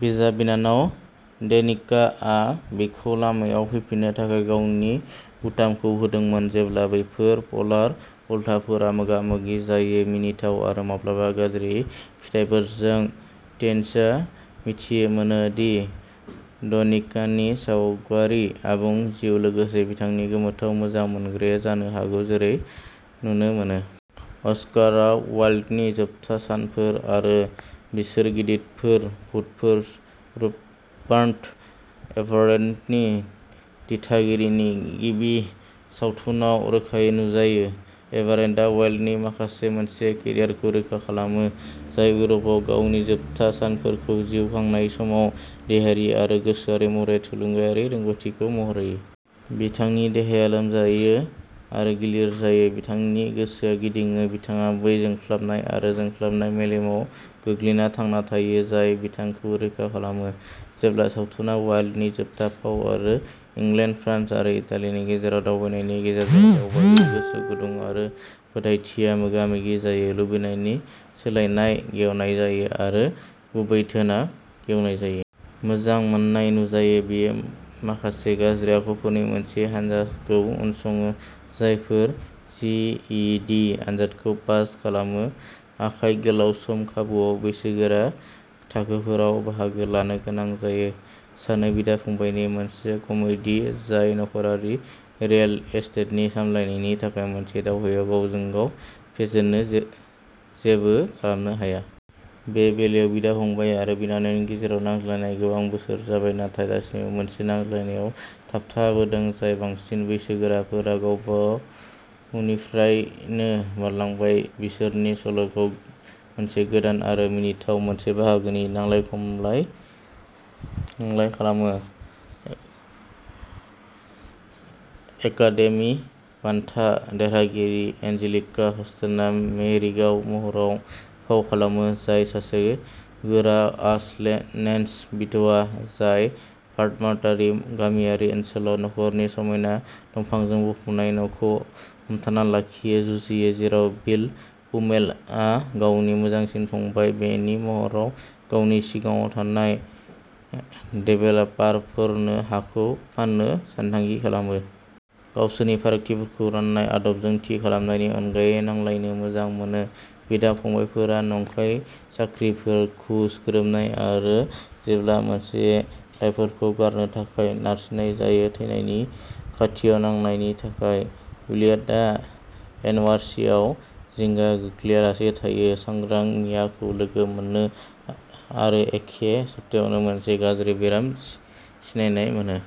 बिजाब बिनानाव डेनिका आ बिखौ लामायाव फैफिननो थाखाय गावनि बुटामखौ होदोंमोन। जेब्ला बेफोर पलार उल्थाफोरा मोगा मोगि जायो मिनिथाव आरो माब्लाबा गाज्रि फिथायफोरजों तेन्सआ मिथिनो मोनो दि डनिकानि सावगारि आबुं जिउ लोगोसे बिथांनि गोमोथाव मोजां मोनग्राया जानो हागौ जेरै नुनो मोनो। अस्कारआ वाइल्डनि जोबथा सानफोर आरो बिसोर गिदिफोर भुतफोरा रुप्पान एभारेटनि दिथागिरिनि गिबि सावथुनआव रोखायै नुजायो। एभारेटआ वाइल्डनि महरै मोनसे केरियारखौ रोखा खालामो, जाय इउर'पआव गावनि जोबथा सानफोरखौ जिउ खांनाय समाव देहायारि आरो गोसोआरि महरै थुनलायारि रोंग'थिखौ महर होयो। बिथांनि देहाया लोमजायो आरो गिलिर जायो, बिथांनि गोसोआ गिदिङो, बिथाङा बै जोंख्लाबनाय आरो जोंख्लाबनाय मेलेमाव गोग्लैना थांना थायो जाय बिथांखौ रोखा खालामो। जेब्ला सावथुना वाइल्डनि जोबथा फाव आरो इंलेन्ड, फ्रान्स आरो इटालिनि गेजेरजों दावबायनायनि गेजेरजों दावबायो, गोसो गुदुं आरो फोथायथिआ मोगा मोगि जायो, लुबैनायनि सोलायनाया गेवनाय जायो, आरो गुबै धोनआ गेवनाय जायो। मोजां मोननाया नुजायो। बियो माखासे गाज्रि आखुफोरनि मोनसे हानजाखौ उनसङो, जायफोर जि इ डि आनजादखौ पास खालामनो थाखाय गोलाव सम खाबुआव बैसोगोरा थाखोफोराव बाहागो लानो गोनां जायो। सानै बिदा-फंबायनि मोनसे कमेडि, जाय नखरारि रियेल एस्टेटनि सामलायनायनि थाखाय मोनसे दावहायाव गावजों गाव फेजेननो जे जेबो खालामनो हाया। बे बेलायाव, बिदा-फंबाय आरो बिनानावनि गेजेराव नांलायनाय गोबां बोसोर जाबाय, नाथाय दासिमबो मोनसे नांलायनायाव थाबथाबोदों, जाय बांसिन बैसोगोराफोरा गोबावनिफ्रायनो बारलांबाय, बिसोरनि सल'खौ मोनसे गोदान आरो मिनिथाव मोनसे बाहागोनि नांलाय-खमलाय नांलाय खालामो। एकादेमि बान्था देरहागिरि एन्जेलिका हस्टनआ मेगीनि महराव फाव खालामो, जाय सासे गोरा आस ले नेन्स बिधवा, जाय भार्मन्टनि गामियारि ओनसोलाव नखरनि समायना दंफांजों बुंफबनाय न'खौ हमथाना लाखिनो जुजियो, जेराव बिल पुलमेन, गावनि मोजांसिन फंबाय, बेननि महराव, गावनि सिङाव थानाय डेभेलापारफोरनो हाखौ फान्नो सानथांखि खालामो। गावसोरनि फारागथिफोरखौ रानाय आदबजों थि खालामनायनि अनगायै नांलायनो मोजां मोनो, बिदा-फंबायफोरा नंखाय साख्रिफोर, घुस, गोरोबनाय आरो, जेब्ला मोनसे राइफलखौ नारनो थाखाय नारसिन्नाय जायो, थैनायनि खाथियाव नांनायनि थाखाय। इलियटआ एनवाईसीआव जिंगा गैयालासे थायो, सांग्रां मियाखौ लोगो मोनो, आरो एखे सप्तायावनो मोनसे गाज्रि बेराम सिनायनाय मोनो।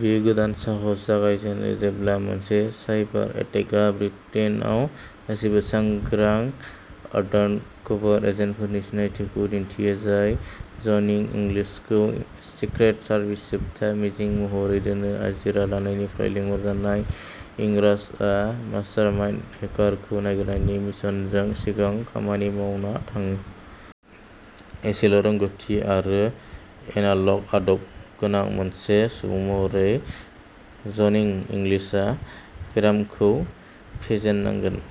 बियो गोदान साहस जागायजेनो जेब्ला मोनसे साइबार एटेकआ ब्रिटेनआव गासिबो सांग्रां आडानकभार एजेन्टफोरनि सिनायथिखौ दिन्थियो, जाय जनि इंग्लिशखौ सिक्रेट सार्भिसनि जोबथा मिजिं महरै दोनो। आजिरा लानायनिफ्राय लिंहरजानाय, इंराजआ मास्टारमाइन्ड हेकारखौ नागिरनायनि मिशनजों सिगां खामानि मावना थाङो। एसेल' रोंग'थि आरो एनालग आदब गोनां मोनसे सुबुं महरै, जनि इंग्लिशआ बेरामखौ फेजेननांगोन।